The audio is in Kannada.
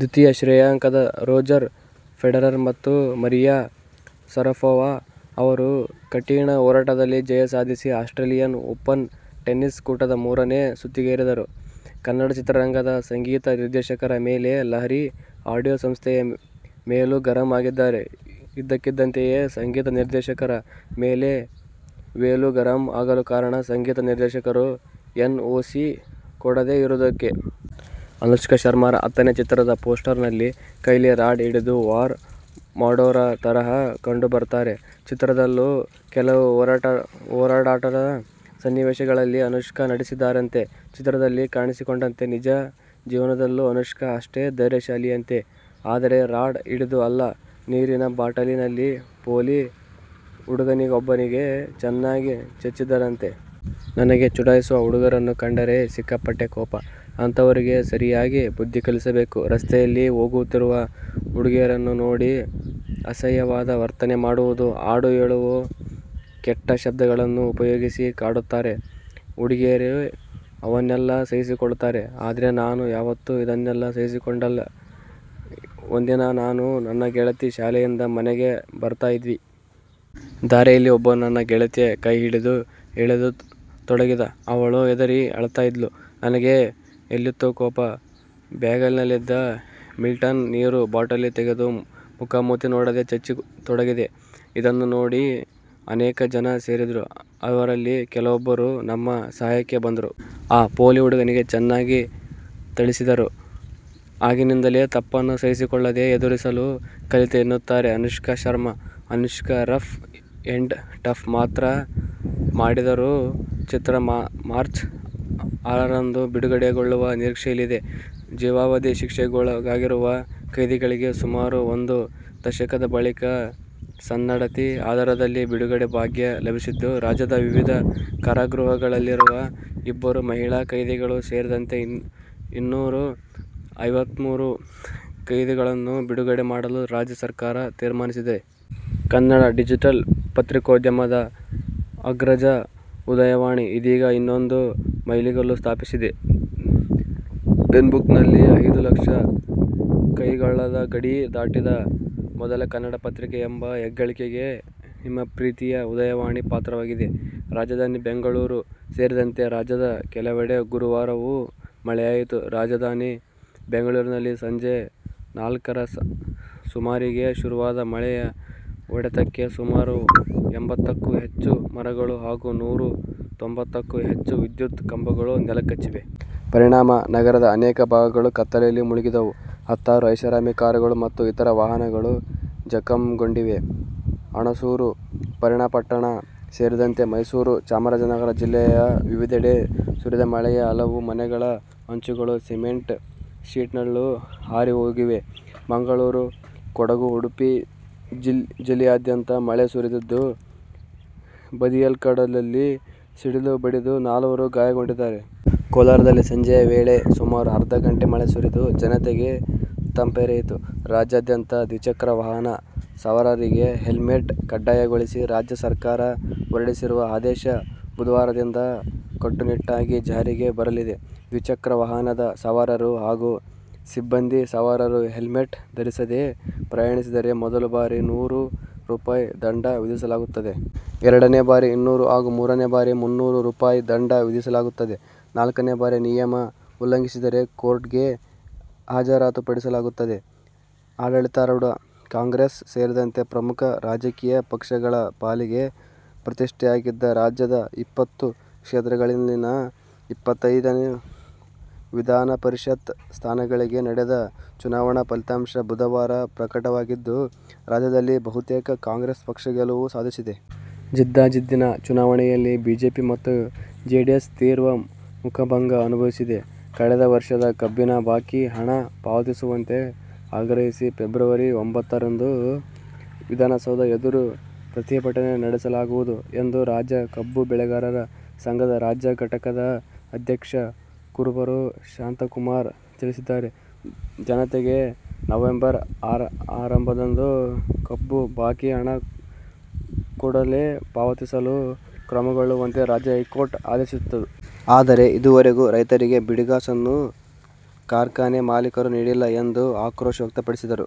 ದ್ವಿತೀಯ ಶ್ರೇಯಾಂಕದ ರೋಜರ್ ಫೆಡರರ್ ಮತ್ತು ಮರಿಯಾ ಶರಪೋವಾ ಅವರು ಕಠಿಣ ಹೋರಾಟದಲ್ಲಿ ಜಯ ಸಾಧಿಸಿ ಆಸ್ಟ್ರೇಲಿಯನ್ ಓಪನ್ ಟೆನ್ನಿಸ್ ಕೂಟದ ಮೂರನೇ ಸುತ್ತಿಗೇರಿದರು. ಕನ್ನಡ ಚಿತ್ರರಂಗದ ಸಂಗೀತ ನಿರ್ದೇಶಕರ ಮೇಲೆ ಲಹರಿ ಆಡಿಯೋ ಸಂಸ್ಥೆಯ ವೇಲು ಗರಂ ಆಗಿದ್ದಾರೆ. ಇದ್ದಕ್ಕಿದ್ದಂತೆಯೇ ಸಂಗೀತ ನಿರ್ದೇಶಕರ ಮೇಲೆ ವೇಲು ಗರಂ ಆಗಲು ಕಾರಣ, ಸಂಗೀತ ನಿರ್ದೇಶಕರು ಎನ್ಓಸಿ ಕೊಡದೇ ಇರುವುದಕ್ಕೆ. ಅನುಷ್ಕಾ ಶರ್ಮಾರ ಹತ್ತನೇ ಚಿತ್ರದ ಪೋಸ್ಟರ್ ನಲ್ಲಿ ಕೈಯಲ್ಲಿ ರಾಡ್ ಹಿಡಿದು ವಾರ್ ಮಾಡೋವ್ರ ತರಹ ಕಂಡು ಬರ್ತಾರೆ. ಚಿತ್ರದಲ್ಲೂ ಕೆಲವು ಹೊಡೆದಾಟದ ಸನ್ನಿವೇಶಗಳಲ್ಲಿ ಅನುಷ್ಕಾ ನಟಿಸಿದ್ದಾರಂತೆ. ಚಿತ್ರದಲ್ಲಿ ಕಾಣಿಸಿಕೊಂಡಂತೆ ನಿಜ ಜೀವನದಲ್ಲೂ ಅನುಷ್ಕಾ ಅಷ್ಟೇ ಧೈರ್ಯಶಾಲಿಯಂತೆ. ಆದರೆ ರಾಡ್ ಹಿಡಿದು ಅಲ್ಲ, ನೀರಿನ ಬಾಟಲ್ ನಲ್ಲಿ ಪೋಲಿ ಹುಡುಗನಿಗೊಬ್ಬನಿಗೆ ಚೆನ್ನಾಗಿ ಚಚ್ಚಿದ್ದರಂತೆ. ನನಗೆ ಚುಡಾಯಿಸುವ ಹುಡುಗರನ್ನು ಕಂಡರೆ ಸಿಕ್ಕಾಪಟ್ಟೆ ಕೋಪ. ಅಂಥವರಿಗೆ ಸರಿಯಾಗಿ ಬುದ್ಧಿ ಕಲಿಸಬೇಕು. ರಸ್ತೆಯಲ್ಲಿ ಹೋಗುತ್ತಿರುವ ಹುಡುಗಿಯರನ್ನು ನೋಡಿ ಅಸಹ್ಯವಾದ ವರ್ತನೆ ಮಾಡುವುದು, ಹಾಡು ಹೇಳಿಯೋ, ಕೆಟ್ಟ ಶಬ್ದಗಳನ್ನು ಉಪಯೋಗಿಸಿ ಕಾಡುತ್ತಾರೆ. ಹುಡುಗಿಯರೋ ಇವನ್ನೆಲ್ಲ ಸಹಿಸಿಕೊಳ್ತಾರೆ. ಆದ್ರೆ ನಾನು ಯಾವತ್ತೂ ಇದನ್ನೆಲ್ಲ ಸಹಿಸಿಕೊಂಡಿಲ್ಲ. ಒಂದಿನ ನಾನು, ನನ್ನ ಗೆಳತಿ ಶಾಲೆಯಿಂದ ಮನೆಗೆ ಬರ್ತಾ ಇದ್ವಿ. ದಾರಿಯಲ್ಲಿ ಒಬ್ಬನು ನನ್ನ ಗೆಳತಿಯ ಕೈ ಹಿಡಿದು ಎಳೆಯ ತೊಡಗಿದ. ಅವಳು ಹೆದರಿ ಅಳ್ತಾ ಇದ್ಲು. ನನಗೆ ಎಲ್ಲಿತ್ತೊ ಕೋಪ, ಬ್ಯಾಗಿನಲ್ಲಿದ್ದ ಮಿಲ್ಟನ್ ನೀರು ಬಾಟಲ್ ತೆಗೆದು ಮುಖ ಮೂತಿ ನೋಡದೆ ಚಚ್ಚತೊಡಗಿದೆ. ಇದನ್ನು ನೋಡಿ ಅನೇಕ ಜನ ಸೇರಿದ್ರು. ಅವರಲ್ಲಿ ಕೆಲವೊಬ್ಬರು ನಮ್ಮ ಸಹಾಯಕ್ಕೆ ಬಂದ್ರು. ಆ ಪೋಲಿ ಹುಡುಗನಿಗೆ ಚೆನ್ನಾಗಿ ಥಳಿಸಿದರು. ಆಗಿನಿಂದನೇ ತಪ್ಪನ್ನು ಸಹಿಸಿಕೊಳ್ಳದೆ ಎದುರಿಸಲು ಕಲಿತೆ ಎನ್ನುತ್ತಾರೆ Anushka Sharma. Anushka rough and tough ಪಾತ್ರ ಮಾಡಿರುವ ಚಿತ್ರ ಮಾರ್ಚ್ ಆರರಂದು ಬಿಡುಗಡೆಗೊಳ್ಳುವ ನಿರೀಕ್ಷೆಯಿದೆ. ಜೀವಾವಧಿ ಶಿಕ್ಷೆಗೊಳಗಾಗಿರುವ ಕೈದಿಗಳಿಗೆ ಸುಮಾರು ಒಂದು ದಶಕದ ಬಳಿಕ ಸನ್ನಡತೆ ಆಧಾರದಲ್ಲಿ ಬಿಡುಗಡೆ ಭಾಗ್ಯ ಲಭಿಸಿದ್ದು, ರಾಜ್ಯದ ವಿವಿಧ ಕಾರಾಗೃಹಗಳಲ್ಲಿರುವ ಇಬ್ಬರು ಮಹಿಳಾ ಕೈದಿಗಳು ಸೇರಿದಂತೆ ಇನ್ನೂರ ಐವತ್ಮೂರು ಕೈದಿಗಳನ್ನು ಬಿಡುಗಡೆ ಮಾಡಲು ರಾಜ್ಯ ಸರ್ಕಾರ ತೀರ್ಮಾನಿಸಿದೆ. ಕನ್ನಡ ಡಿಜಿಟಲ್ ಪತ್ರಿಕೋದ್ಯಮದ ಅಗ್ರಜ "ಉದಯವಾಣಿ' ಇದೀಗ ಇನ್ನೊಂದು ಮೈಲಿಗಲ್ಲು ಸ್ಥಾಪಿಸಿದೆ. ಫೇಸ್ಬುಕ್ನಲ್ಲಿ ಐದು ಲಕ್ಷ ಲೈಕ್ಗಳ ಗಡಿ ದಾಟಿದ ಮೊದಲ ಕನ್ನಡ ಪತ್ರಿಕೆ ಎಂಬ ಹೆಗ್ಗಳಿಕೆಗೆ ನಿಮ್ಮ ಪ್ರಿತಿಯ "ಉದಯವಾಣಿ ಪಾತ್ರವಾಗಿದೆ. ರಾಜಧಾನಿ ಬೆಂಗಳೂರು ಸೇರಿದಂತೆ ರಾಜ್ಯದ ಕೆಲವೆಡೆ ಗುರುವಾರವೂ ಮಳೆಯಾಯಿತು. ರಾಜಧಾನಿ ಬೆಂಗಳೂರಿನಲ್ಲಿ ಸಂಜೆ ನಾಲ್ಕರ ಸುಮಾರಿಗೆ ಶುರುವಾದ ಮಳೆಯ ಹೊಡೆತಕ್ಕೆ ಸುಮಾರು ಎಂಬತ್ತಕ್ಕೂ ಹೆಚ್ಚು ಮರಗಳು ಹಾಗೂ ನೂರ ತೊಂಬತ್ತಕ್ಕೂ ಹೆಚ್ಚು ವಿದ್ಯುತ್ ಕಂಬಗಳು ನೆಲಕಚ್ಚಿವೆ. ಪರಿಣಾಮ ನಗರದ ಅನೇಕ ಭಾಗಗಳು ಕತ್ತಲೆಯಲ್ಲಿ ಮುಳುಗಿದವು. ಹತ್ತಾರು ಐಷಾರಾಮಿ ಕಾರುಗಳು ಮತ್ತು ಇತರ ವಾಹನಗಳು ಜಖಂಗೊಂಡಿವೆ. ಹುಣಸೂರು, ಪಿರಿಯಾಪಟ್ಟಣ ಸೇರಿದಂತೆ ಮೈಸೂರು, ಚಾಮರಾಜನಗರ ಜಿಲ್ಲೆಯ ವಿವಿಧೆಡೆ ಸುರಿದ ಮಳೆಗೆ ಹಲವು ಮನೆಗಳ ಹಂಚುಗಳು, ಸಿಮೆಂಟ್ ಶೀಟ್ಗಳು ಹಾರಿಹೋಗಿವೆ. ಮಂಗಳೂರು, ಕೊಡಗು ಉಡುಪಿ ಜಿಲ್ಲೆಯಾದ್ಯಂತ ಮಳೆ ಸುರಿದಿದ್ದು, ಬದಿಯಡ್ಕದಲ್ಲಿ ಸಿಡಿಲು ಬಡಿದು ನಾಲ್ವರು ಗಾಯಗೊಂಡಿದ್ದಾರೆ. ಕೋಲಾರದಲ್ಲಿ ಸಂಜೆಯ ವೇಳೆ ಸುಮಾರು ಅರ್ಧ ಗಂಟೆ ಮಳೆ ಸುರಿದು, ಜನತೆಗೆ ತಂಪರೆಯಿತು. ರಾಜ್ಯಾದ್ಯಂತ ದ್ವಿಚಕ್ರ ವಾಹನ ಸವಾರರಿಗೆ ಹೆಲ್ಮೆಟ್ ಕಡ್ಡಾಯಗೊಳಿಸಿ ರಾಜ್ಯ ಸರ್ಕಾರ ಹೊರಡಿಸಿರುವ ಆದೇಶ ಬುಧವಾರದಿಂದ ಕಟ್ಟುನಿಟ್ಟಾಗಿ ಜಾರಿಗೆ ಬರಲಿದೆ. ದ್ವಿಚಕ್ರ ವಾಹನದ ಸವಾರರು ಹಾಗೂ ಹಿಂಬದಿ ಸವಾರರು ಹೆಲ್ಮೆಟ್ ಧರಿಸದೆ ಪ್ರಯಾಣಿಸಿದರೆ ಮೊದಲ ಬಾರಿ ನೂರು ರೂಪಾಯಿ ದಂಡ ವಿಧಿಸಲಾಗುತ್ತದೆ. ಎರಡನೇ ಬಾರಿ ಇನ್ನೂರು ಹಾಗೂ ಮೂರನೇ ಬಾರಿ ಮುನ್ನೂರು ರೂಪಾಯಿ ದಂಡ ವಿಧಿಸಲಾಗುತ್ತದೆ. ನಾಲ್ಕನೇ ಬಾರಿ ನಿಯಮ ಉಲ್ಲಂಘಿಸಿದರೆ ಕೋರ್ಟ್ಗೆ ಹಾಜರುಪಡಿಸಲಾಗುತ್ತದೆ. ಆಡಳಿತಾರೂಢ ಕಾಂಗ್ರೆಸ್ ಸೇರಿದಂತೆ ಪ್ರಮುಖ ರಾಜಕೀಯ ಪಕ್ಷಗಳ ಪಾಲಿಗೆ ಪ್ರತಿಷ್ಠೆಯಾಗಿದ್ದ ರಾಜ್ಯದ ಇಪ್ಪತ್ತು ಕ್ಷೇತ್ರಗಳಲ್ಲಿನ ಇಪ್ಪತ್ತೈದು ವಿಧಾನಪರಿಷತ್ ಸ್ಥಾನಗಳಿಗೆ ನಡೆದ ಚುನಾವಣಾ ಫಲಿತಾಂಶ ಬುಧವಾರ ಪ್ರಕಟವಾಗಿದ್ದು, ರಾಜ್ಯದಲ್ಲಿ ಬಹುತೇಕ ಕಾಂಗ್ರೆಸ್ ಪಕ್ಷ ಗೆಲುವು ಸಾಧಿಸಿದೆ. ಜಿದ್ದಾಜಿದ್ದಿನ ಚುನಾವಣೆಯಲ್ಲಿ ಬಿಜೆಪಿ ಮತ್ತು ಜೆಡಿಎಸ್ ತೀವ್ರ ಮುಖಭಂಗ ಅನುಭವಿಸಿದೆ. ಕಳೆದ ವರ್ಷದ ಕಬ್ಬಿನ ಬಾಕಿ ಹಣ ಪಾವತಿಸುವಂತೆ ಆಗ್ರಹಿಸಿ ಫೆಬ್ರವರಿ ಒಂಬತ್ತರಂದು ವಿಧಾನಸೌಧ ಎದುರು ಪ್ರತಿಭಟನೆ ನಡೆಸಲಾಗುವುದು ಎಂದು ರಾಜ್ಯ ಕಬ್ಬು ಬೆಳೆಗಾರರ ಸಂಘದ ರಾಜ್ಯ ಘಟಕದ ಅಧ್ಯಕ್ಷ ಕುರುಬೂರು ಶಾಂತಕುಮಾರ್ ತಿಳಿಸಿದ್ದಾರೆ. ಜತೆಗೆ ನವಂಬರ್ ಆರರಂದು ಕಬ್ಬು ಬಾಕಿ ಹಣ ಕೂಡಲೇ ಪಾವತಿಸಲು ಕ್ರಮಕೈಗೊಳ್ಳುವಂತೆ ರಾಜ್ಯ ಹೈಕೋರ್ಟ್ ಆದೇಶಿಸಿತ್ತು. ಆದರೆ ಇದುವರೆಗೂ ರೈತರಿಗೆ ಬಿಡಿಗಾಸನ್ನೂ ಕಾರ್ಖಾನೆ ಮಾಲೀಕರು ನೀಡಿಲ್ಲ ಎಂದು ಆಕ್ರೋಶ ವ್ಯಕ್ತಪಡಿಸಿದರು.